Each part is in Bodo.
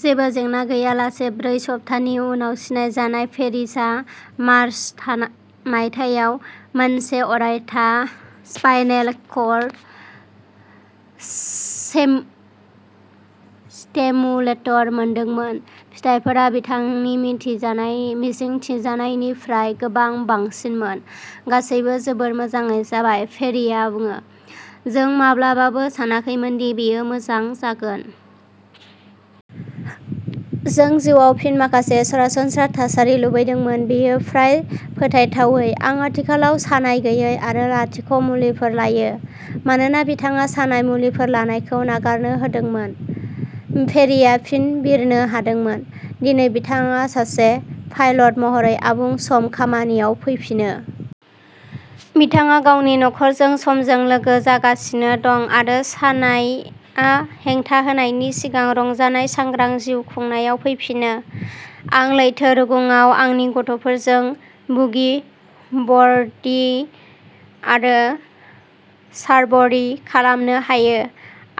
जेबो जेंना गैयालासे। ब्रै सप्तानि उनाव सिनायजानाय, पेरिआ मार्च खा मायथाइयाव मोनसे अरायथा स्पाइनेल कर्ड स्टिमुलेटर मोनदोंमोन। फिथायफोरा बिथांनि मिजिंथिजानायनिफ्राय गोबां बांसिनमोन। "गासैबो जोबोद मोजाङै जाबाय", पेरिआ बुङो। "जों माब्लाबाबो सानाखैमोनदि बेयो एसेबां मोजां जागोन। जों जिउआव फिन माखासे सरासनस्रा थासारि लुबैदोंमोन। बेयो फ्राय फोथायथावै। आं आथिखालाव सानाय-गैयै आरो लाथिख'मुलिफोर लायो। " मानोना बिथाङा सानाय मुलिफोर लानायखौ नागारनो हादोंमोन, पेरिआ फिन बिरनो हादोंमोन। दिनै बिथाङा सासे पाइलट महरै आबुं-सम खामानियाव फैफिनो। बिथाङा गावनि नखरजों समजों लोगो जागासिनो दं आरो सानायआ हेंथा होनायनि सिगां रंजानाय सांग्रां जिउ खुंनायाव फैफिनो। "आं लैथो रुगुङाव आंनि गथ'फोरजों बुगि बर्डिं आरो सार्फब'र्डिं खालामनो हायो।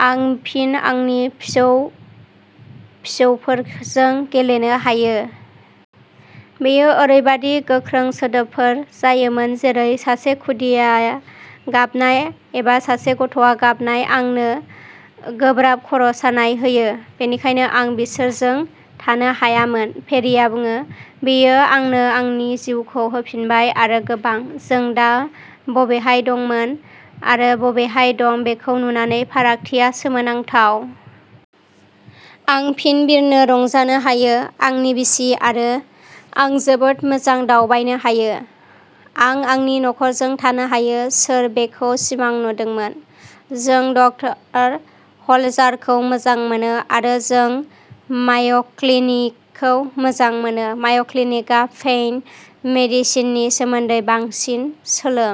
आं फिन आंनि फिसौ-फिसौफोरजों गेलेनो हायो। बेयो ओरैबायदि गोख्रों सोदोबफोर जायोमोन, जेरै सासे खुदिया गाबनाय एबा सासे गथ'आ गाबनाय, आंनो गोब्राब खर'सानाय होयो, बेनिखायनो आं बिसोरजों थानो हायामोन। " पेरीआ बुङो। "बेयो आंनो आंनि जिउखौ होफिनबाय, आरो गोबां। जों दा बबेहाय दंमोन आरो बबेहाय दं बेखौ नुनानै, फारागथिया सोमोनांथाव। आं फिन बिरनो रंजानो हायो। आंनि बिसि आरो आं जोबोद मोजां दावबायनो हायो। आं आंनि नख'रजों थानो हायो। सोर बेखौ सिमां नुदोंमोन? जों ड. ह'लजारखौ मोजां मोनो, आरो जों माय'क्लिनिकखौ मोजां मोनो। " माय'क्लिनिकआव पेइन मेडिसिननि सोमोन्दै बांसिन सोलों।